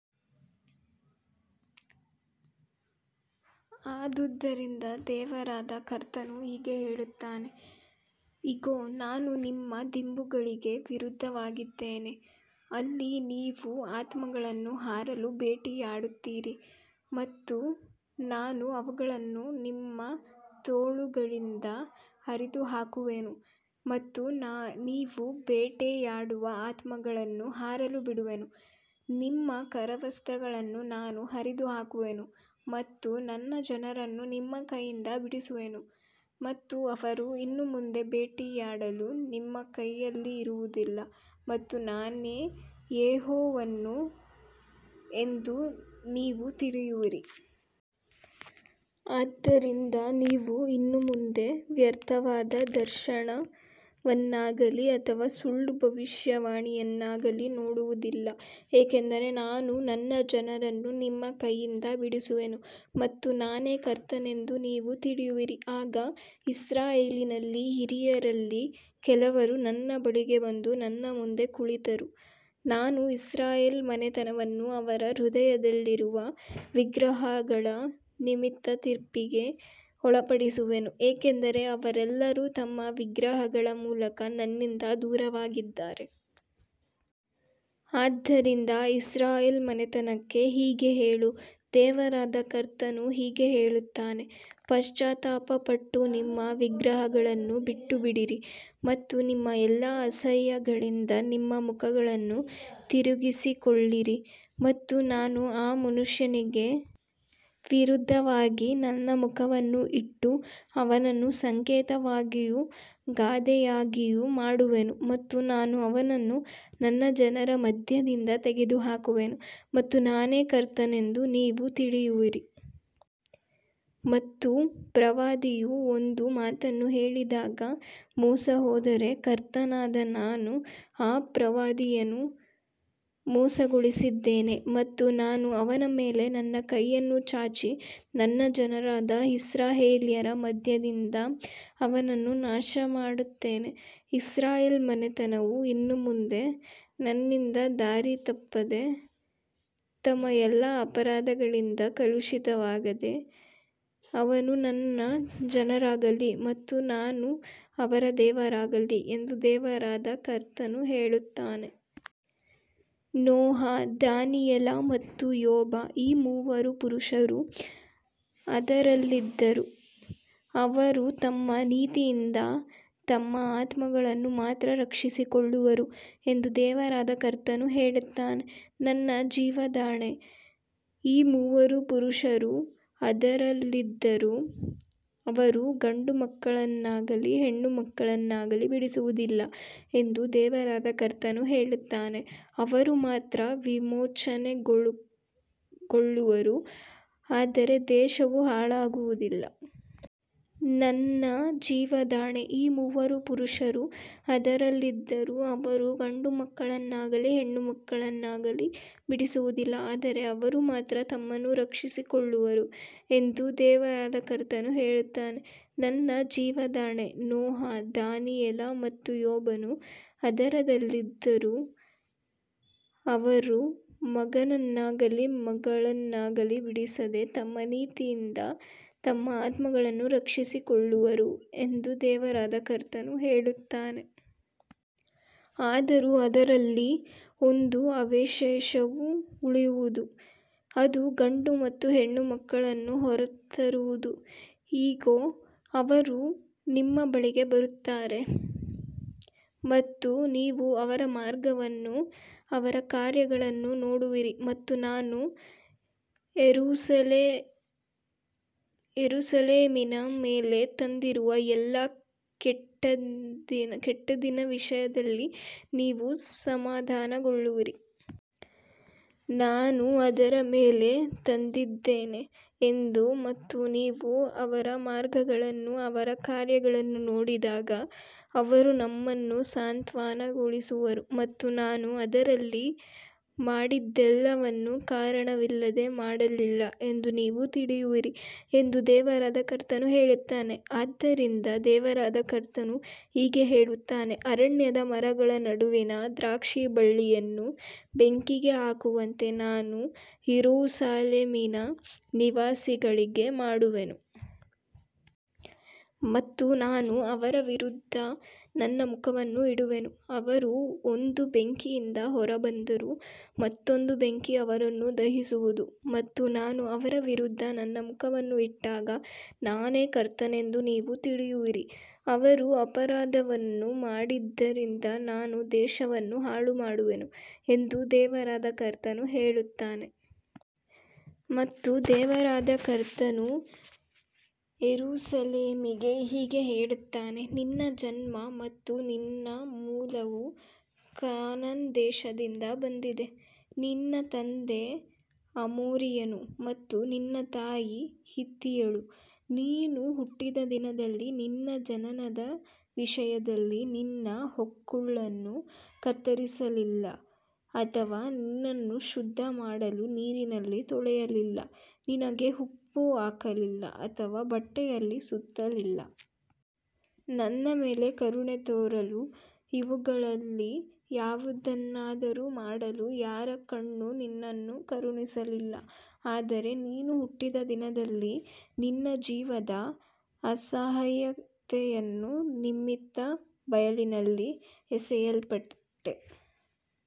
ಆದುದರಿಂದ ದೇವರಾದ ಕರ್ತನು ಹೀಗೆ ಹೇಳುತ್ತಾನೆ, ಇಗೋ, ನಾನು ನಿಮ್ಮ ದಿಂಬುಗಳಿಗೆ ವಿರುದ್ಧವಾಗಿದ್ದೇನೆ, ಅಲ್ಲಿ ನೀವು ಆತ್ಮಗಳನ್ನು ಹಾರಲು ಬೇಟೆಯಾಡುತ್ತೀರಿ ಮತ್ತು ನಾನು ಅವುಗಳನ್ನು ನಿಮ್ಮ ತೋಳುಗಳಿಂದ ಹರಿದುಹಾಕುವೆನು ಮತ್ತು ನೀವು ಬೇಟೆಯಾಡುವ ಆತ್ಮಗಳನ್ನು ಹಾರಲು ಬಿಡುವೆನು. ನಿಮ್ಮ ಕರವಸ್ತ್ರಗಳನ್ನೂ ನಾನು ಹರಿದುಹಾಕುವೆನು ಮತ್ತು ನನ್ನ ಜನರನ್ನು ನಿಮ್ಮ ಕೈಯಿಂದ ಬಿಡಿಸುವೆನು ಮತ್ತು ಅವರು ಇನ್ನು ಮುಂದೆ ಬೇಟೆಯಾಡಲು ನಿಮ್ಮ ಕೈಯಲ್ಲಿ ಇರುವುದಿಲ್ಲ ಮತ್ತು ನಾನೇ ಯೆಹೋವನು ಎಂದು ನೀವು ತಿಳಿಯುವಿರಿ. ಆದ್ದರಿಂದ ನೀವು ಇನ್ನು ಮುಂದೆ ವ್ಯರ್ಥವಾದ ದರ್ಶನವನ್ನಾಗಲಿ ಅಥವಾ ಸುಳ್ಳು ಭವಿಷ್ಯವಾಣಿಯನ್ನಾಗಲಿ ನೋಡುವುದಿಲ್ಲ, ಏಕೆಂದರೆ ನಾನು ನನ್ನ ಜನರನ್ನು ನಿಮ್ಮ ಕೈಯಿಂದ ಬಿಡಿಸುವೆನು ಮತ್ತು ನಾನೇ ಕರ್ತನೆಂದು ನೀವು ತಿಳಿಯುವಿರಿ. ಆಗ ಇಸ್ರಾಯೇಲಿನ ಹಿರಿಯರಲ್ಲಿ ಕೆಲವರು ನನ್ನ ಬಳಿಗೆ ಬಂದು ನನ್ನ ಮುಂದೆ ಕುಳಿತರು. ನಾನು ಇಸ್ರಾಯೇಲ್ ಮನೆತನವನ್ನು ಅವರ ಹೃದಯದಲ್ಲಿರುವ ವಿಗ್ರಹಗಳ ನಿಮಿತ್ತ ತೀರ್ಪಿಗೆ ಒಳಪಡಿಸುವೆನು, ಏಕೆಂದರೆ ಅವರೆಲ್ಲರೂ ತಮ್ಮ ವಿಗ್ರಹಗಳ ಮೂಲಕ ನನ್ನಿಂದ ದೂರವಾಗಿದ್ದಾರೆ. ಆದ್ದರಿಂದ ಇಸ್ರಾಯೇಲ್ ಮನೆತನಕ್ಕೆ ಹೀಗೆ ಹೇಳು, ದೇವರಾದ ಕರ್ತನು ಹೀಗೆ ಹೇಳುತ್ತಾನೆ, ಪಶ್ಚಾತ್ತಾಪಪಟ್ಟು ನಿಮ್ಮ ವಿಗ್ರಹಗಳನ್ನು ಬಿಟ್ಟುಬಿಡಿರಿ ಮತ್ತು ನಿಮ್ಮ ಎಲ್ಲಾ ಅಸಹ್ಯಗಳಿಂದ ನಿಮ್ಮ ಮುಖಗಳನ್ನು ತಿರುಗಿಸಿಕೊಳ್ಳಿರಿ. ಮತ್ತು ನಾನು ಆ ಮನುಷ್ಯನಿಗೆ ವಿರುದ್ಧವಾಗಿ ನನ್ನ ಮುಖವನ್ನು ಇಟ್ಟು ಅವನನ್ನು ಸಂಕೇತವಾಗಿಯೂ ಗಾದೆಯಾಗಿಯೂ ಮಾಡುವೆನು ಮತ್ತು ನಾನು ಅವನನ್ನು ನನ್ನ ಜನರ ಮಧ್ಯದಿಂದ ತೆಗೆದುಹಾಕುವೆನು ಮತ್ತು ನಾನೇ ಕರ್ತನೆಂದು ನೀವು ತಿಳಿಯುವಿರಿ. ಮತ್ತು ಪ್ರವಾದಿಯು ಒಂದು ಮಾತನ್ನು ಹೇಳಿದಾಗ ಮೋಸಹೋದರೆ, ಕರ್ತನಾದ ನಾನು ಆ ಪ್ರವಾದಿಯನ್ನು ಮೋಸಗೊಳಿಸಿದ್ದೇನೆ ಮತ್ತು ನಾನು ಅವನ ಮೇಲೆ ನನ್ನ ಕೈಯನ್ನು ಚಾಚಿ ನನ್ನ ಜನರಾದ ಇಸ್ರಾಯೇಲ್ಯರ ಮಧ್ಯದಿಂದ ಅವನನ್ನು ನಾಶಮಾಡುವೆನು. ಇಸ್ರಾಯೇಲ್ ಮನೆತನವು ಇನ್ನು ಮುಂದೆ ನನ್ನಿಂದ ದಾರಿತಪ್ಪದೆ ತಮ್ಮ ಎಲ್ಲಾ ಅಪರಾಧಗಳಿಂದ ಕಲುಷಿತವಾಗದೆ, ಅವರು ನನ್ನ ಜನರಾಗಲಿ ಮತ್ತು ನಾನು ಅವರ ದೇವರಾಗಲಿ ಎಂದು ದೇವರಾದ ಕರ್ತನು ಹೇಳುತ್ತಾನೆ. ನೋಹ, ದಾನಿಯೇಲ ಮತ್ತು ಯೋಬ ಈ ಮೂವರು ಪುರುಷರು ಅದರಲ್ಲಿದ್ದರೂ, ಅವರು ತಮ್ಮ ನೀತಿಯಿಂದ ತಮ್ಮ ಆತ್ಮಗಳನ್ನು ಮಾತ್ರ ರಕ್ಷಿಸಿಕೊಳ್ಳುವರು ಎಂದು ದೇವರಾದ ಕರ್ತನು ಹೇಳುತ್ತಾನೆ. ನನ್ನ ಜೀವದಾಣೆ, ಈ ಮೂವರು ಪುರುಷರು ಅದರಲ್ಲಿದ್ದರೂ, ಅವರು ಗಂಡುಮಕ್ಕಳನ್ನಾಗಲಿ ಹೆಣ್ಣುಮಕ್ಕಳನ್ನಾಗಲಿ ಬಿಡಿಸುವುದಿಲ್ಲ ಎಂದು ದೇವರಾದ ಕರ್ತನು ಹೇಳುತ್ತಾನೆ, ಅವರು ಮಾತ್ರ ವಿಮೋಚನೆಗೊಳ್ಳುವರು, ಆದರೆ ದೇಶವು ಹಾಳಾಗುವುದು. ನನ್ನ ಜೀವದಾಣೆ, ಈ ಮೂವರು ಪುರುಷರು ಅದರಲ್ಲಿದ್ದರೂ, ಅವರು ಗಂಡುಮಕ್ಕಳನ್ನಾಗಲಿ ಹೆಣ್ಣುಮಕ್ಕಳನ್ನಾಗಲಿ ಬಿಡಿಸುವುದಿಲ್ಲ, ಆದರೆ ಅವರು ಮಾತ್ರ ತಮ್ಮನ್ನು ರಕ್ಷಿಸಿಕೊಳ್ಳುವರು ಎಂದು ದೇವರಾದ ಕರ್ತನು ಹೇಳುತ್ತಾನೆ. ನನ್ನ ಜೀವದಾಣೆ, ನೋಹ, ದಾನಿಯೇಲ ಮತ್ತು ಯೋಬನು ಅದರಲ್ಲಿದ್ದರೂ, ಅವರು ಮಗನನ್ನಾಗಲಿ ಮಗಳನ್ನಾಗಲಿ ಬಿಡಿಸದೆ ತಮ್ಮ ನೀತಿಯಿಂದ ತಮ್ಮ ಆತ್ಮಗಳನ್ನು ರಕ್ಷಿಸಿಕೊಳ್ಳುವರು ಎಂದು ದೇವರಾದ ಕರ್ತನು ಹೇಳುತ್ತಾನೆ. ಆದರೂ ಅದರಲ್ಲಿ ಒಂದು ಅವಶೇಷವು ಉಳಿಯುವುದು, ಅದು ಗಂಡು ಮತ್ತು ಹೆಣ್ಣು ಮಕ್ಕಳನ್ನು ಹೊರತರುವುದು. ಇಗೋ, ಅವರು ನಿಮ್ಮ ಬಳಿಗೆ ಬರುತ್ತಾರೆ ಮತ್ತು ನೀವು ಅವರ ಮಾರ್ಗವನ್ನೂ ಅವರ ಕಾರ್ಯಗಳನ್ನೂ ನೋಡುವಿರಿ ಮತ್ತು ನಾನು ಯೆರೂಸಲೇಮಿನ ಮೇಲೆ ತಂದಿರುವ ಎಲ್ಲಾ ಕೆಟ್ಟದ್ದಿನ ವಿಷಯದಲ್ಲಿ ನೀವು ಸಮಾಧಾನಗೊಳ್ಳುವಿರಿ. ನಾನು ಅದರ ಮೇಲೆ ತಂದಿದ್ದೇನೆ ಎಂದು ಮತ್ತು ನೀವು ಅವರ ಮಾರ್ಗಗಳನ್ನೂ ಅವರ ಕಾರ್ಯಗಳನ್ನೂ ನೋಡಿದಾಗ ಅವರು ನಿಮ್ಮನ್ನು ಸಾಂತ್ವನಗೊಳಿಸುವರು ಮತ್ತು ನಾನು ಅದರಲ್ಲಿ ಮಾಡಿದ್ದೆಲ್ಲವನ್ನೂ ಕಾರಣವಿಲ್ಲದೆ ಮಾಡಲಿಲ್ಲ ಎಂದು ನೀವು ತಿಳಿಯುವಿರಿ ಎಂದು ದೇವರಾದ ಕರ್ತನು ಹೇಳುತ್ತಾನೆ. ಆದ್ದರಿಂದ ದೇವರಾದ ಕರ್ತನು ಹೀಗೆ ಹೇಳುತ್ತಾನೆ, ಅರಣ್ಯದ ಮರಗಳ ನಡುವಿನ ದ್ರಾಕ್ಷಿಬಳ್ಳಿಯನ್ನು ಬೆಂಕಿಗೆ ಹಾಕುವಂತೆ ನಾನು ಯೆರೂಸಲೇಮಿನ ನಿವಾಸಿಗಳಿಗೆ ಮಾಡುವೆನು. ಮತ್ತು ನಾನು ಅವರ ವಿರುದ್ಧ ನನ್ನ ಮುಖವನ್ನು ಇಡುವೆನು, ಅವರು ಒಂದು ಬೆಂಕಿಯಿಂದ ಹೊರಬಂದರೂ ಮತ್ತೊಂದು ಬೆಂಕಿ ಅವರನ್ನು ದಹಿಸುವುದು ಮತ್ತು ನಾನು ಅವರ ವಿರುದ್ಧ ನನ್ನ ಮುಖವನ್ನು ಇಟ್ಟಾಗ ನಾನೇ ಕರ್ತನೆಂದು ನೀವು ತಿಳಿಯುವಿರಿ. ಅವರು ಅಪರಾಧವನ್ನು ಮಾಡಿದ್ದರಿಂದ ನಾನು ದೇಶವನ್ನು ಹಾಳುಮಾಡುವೆನು ಎಂದು ದೇವರಾದ ಕರ್ತನು ಹೇಳುತ್ತಾನೆ. ಮತ್ತು ದೇವರಾದ ಕರ್ತನು ಯೆರೂಸಲೇಮಿಗೆ ಹೀಗೆ ಹೇಳುತ್ತಾನೆ, ನಿನ್ನ ಜನ್ಮ ಮತ್ತು ನಿನ್ನ ಮೂಲವು ಕಾನಾನ್ ದೇಶದಿಂದ ಬಂದಿದೆ, ನಿನ್ನ ತಂದೆ ಅಮೋರಿಯನು ಮತ್ತು ನಿನ್ನ ತಾಯಿ ಹಿತ್ತಿಯಳು. ನೀನು ಹುಟ್ಟಿದ ದಿನದಲ್ಲಿ ನಿನ್ನ ಜನನದ ವಿಷಯದಲ್ಲಿ ನಿನ್ನ ಹೊಕ್ಕುಳನ್ನು ಕತ್ತರಿಸಲಿಲ್ಲ ಅಥವಾ ನಿನ್ನನ್ನು ಶುದ್ಧಮಾಡಲು ನೀರಿನಲ್ಲಿ ತೊಳೆಯಲಿಲ್ಲ, ನಿನಗೆ ಉಪ್ಪು ಹಾಕಲಿಲ್ಲ ಅಥವಾ ಬಟ್ಟೆಯಲ್ಲಿ ಸುತ್ತಲಿಲ್ಲ. ನಿನ್ನ ಮೇಲೆ ಕರುಣೆ ತೋರಲು ಇವುಗಳಲ್ಲಿ ಯಾವುದನ್ನಾದರೂ ಮಾಡಲು ಯಾರ ಕಣ್ಣೂ ನಿನ್ನನ್ನು ಕರುಣಿಸಲಿಲ್ಲ, ಆದರೆ ನೀನು ಹುಟ್ಟಿದ ದಿನದಲ್ಲಿ ನಿನ್ನ ಜೀವದ ಅಸಹ್ಯತೆಯ ನಿಮಿತ್ತ ಬಯಲಿನಲ್ಲಿ ಎಸೆಯಲ್ಪಟ್ಟೆ.